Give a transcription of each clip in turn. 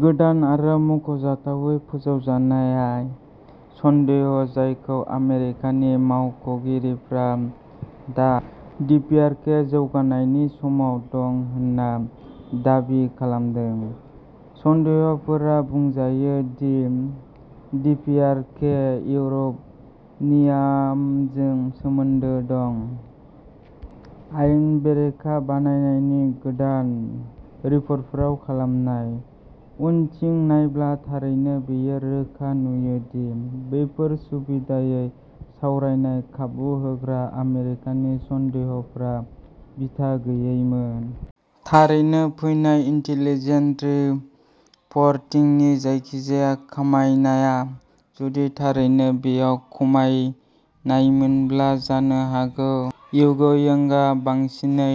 गोदान आरो मख'जाथावै फोसावजानाय “सन्देह" जायखौ आमेरिकानि मावख'गिरिफोरा दा डिपिआरके जौगाथायनि सायाव दं होनना दाबि खालामदों। सन्देहफोरा बुंजायो दि डिपिआरके इउरेनियामजों सोमोन्दो गोनां आयेन बेरेखा बायनायनि गोदान रिपर्टफोराव खमायनाय। उनथिं नायब्ला थारैनो बेयो रोखा नुयो दि बेफोर सुबिदायै सावरायनाय खाबु होग्रा आमेरिकानि "सन्देह" फोरा बिथा गैयैमोन। थारैनो फैनाय इनटेलिजेन्स रिपरटिंनि जायखिजाया खमायनाया जुदि थारैनो बैयाव खमायनायमोनब्ला जानो हागौ प्योंगयांगआ बांसिनै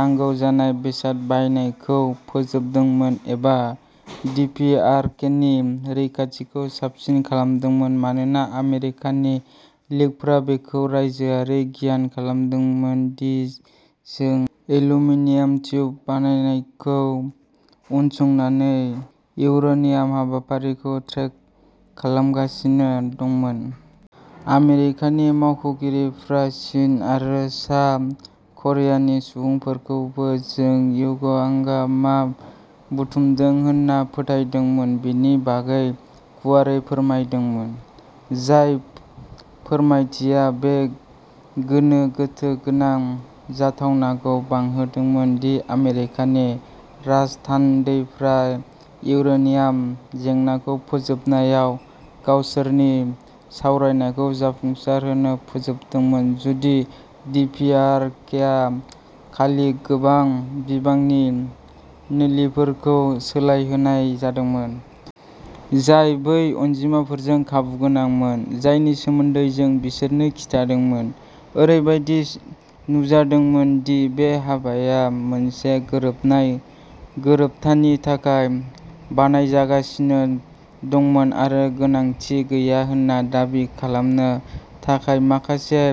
नांगौ जानाय बेसाद बायनायखौ फोजोबदोंमोन एबा डिपिआरकेनि रैखाथिखौ साबसिन खालामदोंमोन मानोना आमेरिकानि लिकफोरा बेखौ रायजोआरि गियान खालामदोंमोन दि जों एल्युमिनियाम टिउब बायनायखौ उनसंनानै इउरेनियाम हाबाफारिखौ ट्रेक खालामगासिनो दंमोन। आमेरिकानि मावख'गिरिफोरा चीन आरो सा-करियानि सुबुंफोरखौबो जों प्योंगयांगआ मा बुथुमदों होनना फोथायदोंमोन बेनि बागै गुवारै फोरमायदोंमोन। जाय फोरमायथिया बे गोनो गोथो गोनां जाथावनाखौ बांहोदोंमोन दि आमेरिकानि राजथान्दैफोरा इउरेनियाम जेंनाखौ फोजोबनायाव गावसोरनि सावरायनायखौ "जाफुंसार" होनना फोसावदोंमोन जुदि डिपिआरकेआ खालि गोबां बिबांनि नोलिफोरखौ सोलायहोनाय जादोंमोन। जाय बै अनजिमाफोरजों खाबुगोनांमोन। जायनि सोमोन्दै जों बिसोरनो खिन्थादोंमोन। ओरैबायदि नुजादोंमोन दि बे हाबाया मोनसे गोरोबनाय गोरोबथानि थाखाय बानायजागासिनो दंमोन आरो गोनांथि गैया होनना दाबि खालामनो थाखाय माखासे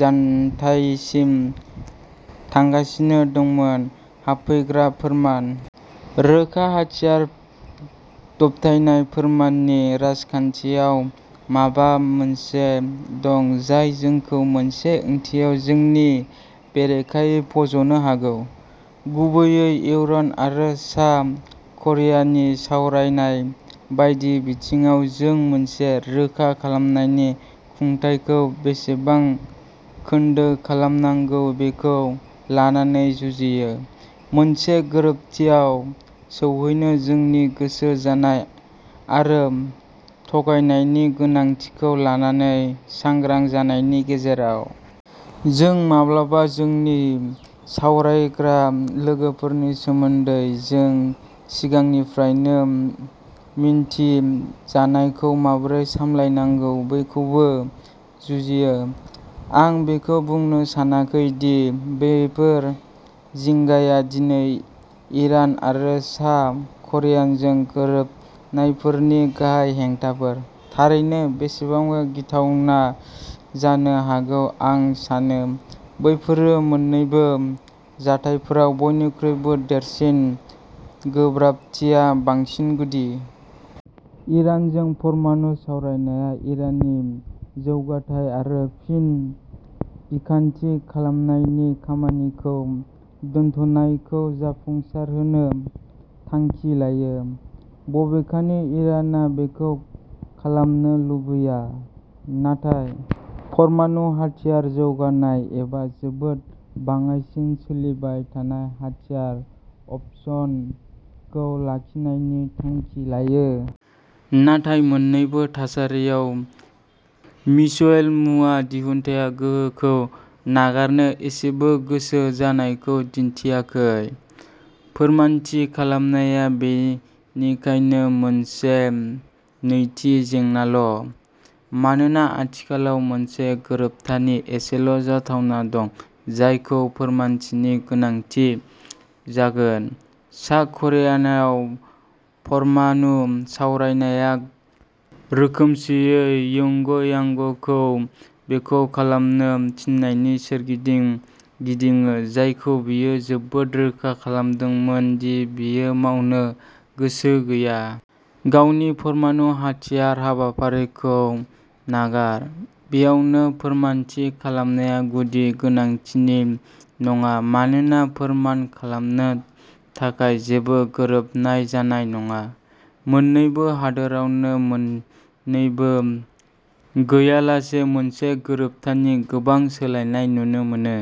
जानथायसिम थांगासिनो दंमोन। हाबफैग्रा फोरमान। रोखा हाथियार दबथायनाय फोरमाननि राजखान्थियाव माबा मोनसे दं जाय जोंखौ मोनसे ओंथियाव जोंनि बेरेखायै फज'नो हागौ। गुबैयै इरान आरो सा क'रियानि सावरायनाय बायदि बिथिङाव जों मोनसे रोखा खालामनायनि खुंथाइखौ बेसेबां गोख्रों खालामनांगौ बेखौ लानानै जुजियो, मोनसे गोरोबथियाव सौहैनो जोंनि गोसो जानाय आरो थगायनायनि गोनांथिखौ लानानै सांग्रां जानायनि गेजेराव। जों माब्लाबा जोंनि सावरायग्रा लोगोफोरनि सोमोन्दै जों सिगांनिफ्रायनो मिनथि जानायखौ माबोरै सामलायनांगौ बेखौबो जुजिङो। आं बेखौ बुंनो सानाखै दि बेफोर जिंगाया दिनै इरान आरो सा क'रियाजों गोरोबनायफोरनि गाहाय हेंथाफोर। थारैनो, जेसेबां गिथावना जानो हागौ आं सानो बेफोरो मोननैबो जाथायफोराव बयनिख्रुइबो देरसिन गोब्राबथिया बांसिन गुदि। इरानजों परमाणु सावरायनाया इराननि जौगाथाय आरो फिन बिखान्थि खालामनायनि खामानिखौ दोनथ'नायखौ जाफुंसारहोनो थांखि लायो। बबेखानि इरानआ बेखौ खालामनो लुबैया। नाथाय परमाणु हाथियार जौगाहोनाय एबा जोबोद बाङाइसिन सोलिबाय थानाय हाथियार "अपसन" खौ लाखिनायनि थांखि लायो। नाथाय मोननैबो थासारियाव मिसाइल मुवा दिहुनथाय गोहोखौ नागारनो एसेबो गोसो जानायखौ दिन्थियाखै। फोरमानथि खालामनाया बेनिखायनो मोनसे नैथि जेंनाल'। मानोना आथिखालाव मोनसे गोरोबथानि एसेल' जाथावना दं जायखौ फोरमानथिनि गोनांथि जागोन। सा करियायाव परमाणु सावरायनाया रोखोमसेयै प्योंगयांगखौ बेखौ खालामनो थिननायनि सोरगिदिं गिदिङो जायखौ बियो जोबोद रोखा खालामदोंमोन दि बियो मावनो गोसो गैया। गावनि परमाणु हाथियार हाबाफारिखौ नागार। बेयावबो फोरमानथि खालामनाया गुदि गोनांथिनि नङा मानोना फोरमान खालामनो थाखाय जेबो गोरोबनाय जानाय नङा। मोननैबो हादोरावनो मोननैबो गैयालासे मोनसे गोरोबथानि गोबां सोलायनाय नुनो मोना।